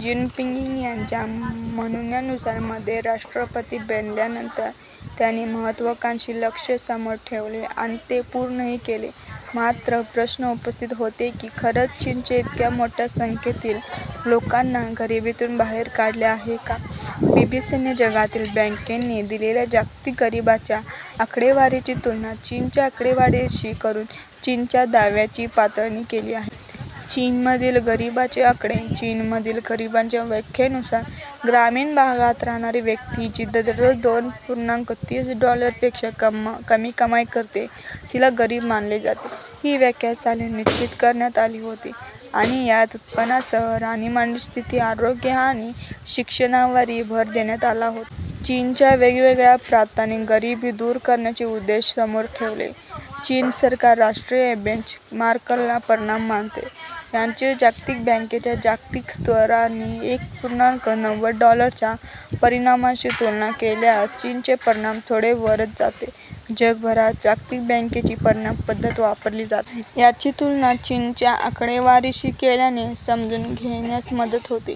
Jinping यांच्या म्हणण्यानुसार, मध्ये राष्ट्रपती बनल्यानंतर त्यांनी महत्त्वाकांक्षी लक्ष्य समोर ठेवले आणि ते पूर्णही केले. मात्र, प्रश्न उपस्थित होतो की, खरंच चीनने इतक्या मोठ्या संख्येतील लोकांना गरिबीतून बाहेर काढले का? बीबीसीने जागतिक बँकेने दिलेल्या जागतिक गरिबीच्या आकडेवारीची तुलना चीनच्या आकडेवारीशी करून, चीनच्या दाव्याची पडताळणी केली आहे. चीनमधील गरिबीचे आकडे - चीनमधील गरिबीच्या व्याख्येनुसार, ग्रामीण भागात राहणारी व्यक्ती जी दररोज दोन पूर्णांक तीस डॉलरपेक्षा कमी कमाई करते, तिला गरीब मानले जाते. ही व्याख्या साली निश्चित करण्यात आली होती आणि यात उत्पन्नासह राहणीमानाची स्थिती, आरोग्य आणि शिक्षणावरही भर देण्यात आला होता. चीनच्या वेगवेगळ्या प्रांतांनी गरिबी दूर करण्याचे उद्देश समोर ठेवले. चीन सरकार राष्ट्रीय बेंचमार्कला परिमाण मानते. याची जागतिक बँकेच्या जागतिक स्तरावरील एक पूर्णांक नव्वद डॉलरच्या परिमाणाशी तुलना केल्यास चीनचे परिमाण थोडे वरच जाते. जगभरात जागतिक बँकेची परिमाण पद्धत वापरली जाते. याची तुलना चीनच्या आकडेवारीशी केल्याने समजून घेण्यास मदत होते.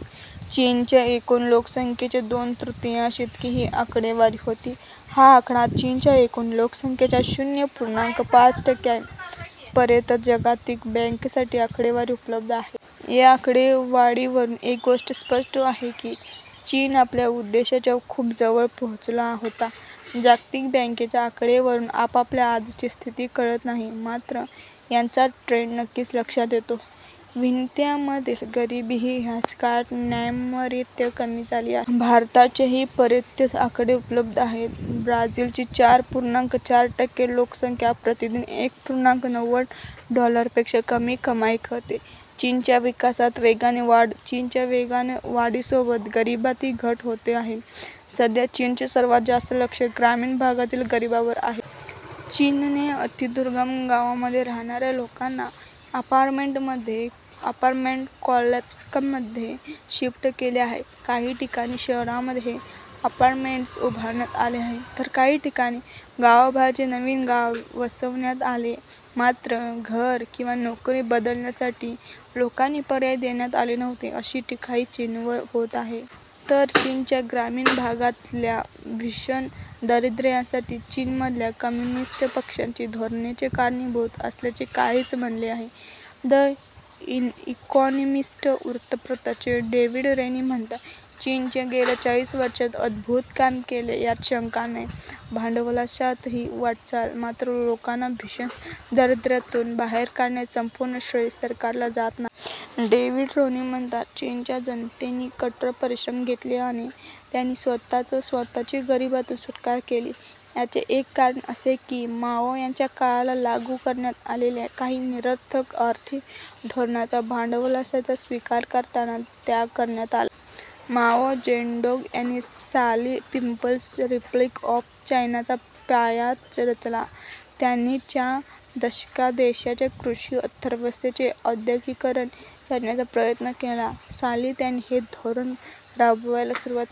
चीनच्या एकूण लोकसंख्येच्या दोन तृतीयांश इतकी ही आकडेवारी होती. हा आकडा चीनच्या एकूण लोकसंख्येच्या शून्य पूर्णांक पाच टक्के आहे. पर्यंतच जागतिक बँकेसाठी आकडेवारी उपलब्ध आहे. या आकडेवारीवरून एक गोष्ट स्पष्ट आहे की, चीन आपल्या उद्देशाच्या खूप जवळ पोहोचला होता. जागतिक बँकेच्या आकड्यांवरून आपल्याला आजची स्थिती कळत नाही. मात्र, याचा ट्रेंड नक्कीच लक्षात येतो. व्हिएतनाममधली गरिबीही याच काळात नाट्यमयरित्या कमी झाली आहे. भारताचेही पर्यंतच आकडे उपलब्ध आहेत. ब्राझिलची चार पूर्णांक चार टक्के लोकसंख्या प्रतिदिन एक पूर्णांक नव्वद डॉलरपेक्षा कमी कमाई करते. चीनच्या विकासात वेगाने वाढ - चीनच्या वेगवान वाढीसोबतच गरिबीतही घट होते आहे. सध्या चीनचे सर्वात जास्त लक्ष ग्रामीण भागातील गरिबांवर आहे. चीनने अतिदुर्गम गावांमध्ये राहणाऱ्या लोकांना अपार्टमेंट कॉम्प्लेक्समध्ये शिफ्ट केले आहे. काही ठिकाणी शहरांमध्ये हे अपार्टमेंट्स उभारण्यात आले आहेत. तर काही ठिकाणी गावाबाहेरच नवीन गाव वसवण्यात आले. मात्र, घर किंवा नोकरी बदलण्यासाठी लोकांना पर्याय देण्यात आले नव्हते, अशी टीकाही चीनवर होते आहे. तर चीनच्या ग्रामीण भागातल्या भीषण दारिद्र्यासाठी चीनमधल्या कम्युनिस्ट पक्षाची धोरणेच कारणीभूत असल्याचे काहींचे म्हणणे आहे. 'द इकॉनॉमिस्ट' वृत्तपत्राचे डेव्हिड रेनी म्हणतात, "चीनने गेल्या चाळीस वर्षांत अद्भुत काम केले, यात शंका नाही." भांडवलशाहीकडे वाटचाल - मात्र, लोकांना भीषण दारिद्र्यातून बाहेर काढण्याचे संपूर्ण श्रेय सरकारला जात नाही. डेव्हिड रेनी म्हणतात, "चीनच्या जनतेनेही कठोर परिश्रम घेतले आणि त्यांनी स्वतःच स्वतःची गरिबीतून सुटका केली. याचे एक कारण असे की माओ यांच्या काळात लागू करण्यात आलेल्या काही निरर्थक आर्थिक धोरणांचा भांडवलशाहीचा स्वीकार करताना त्याग करण्यात आला." माओ जेडोंग यांनी साली पिपल्स रिपब्लिक ऑफ चायनाचा पाया रचला. त्यांनी च्या दशकात देशाच्या कृषी अर्थव्यवस्थेचे औद्योगिकीकरण करण्याचा प्रयत्न केला. साली त्यांनी '' हे धोरण राबवायला सुरुवात केली.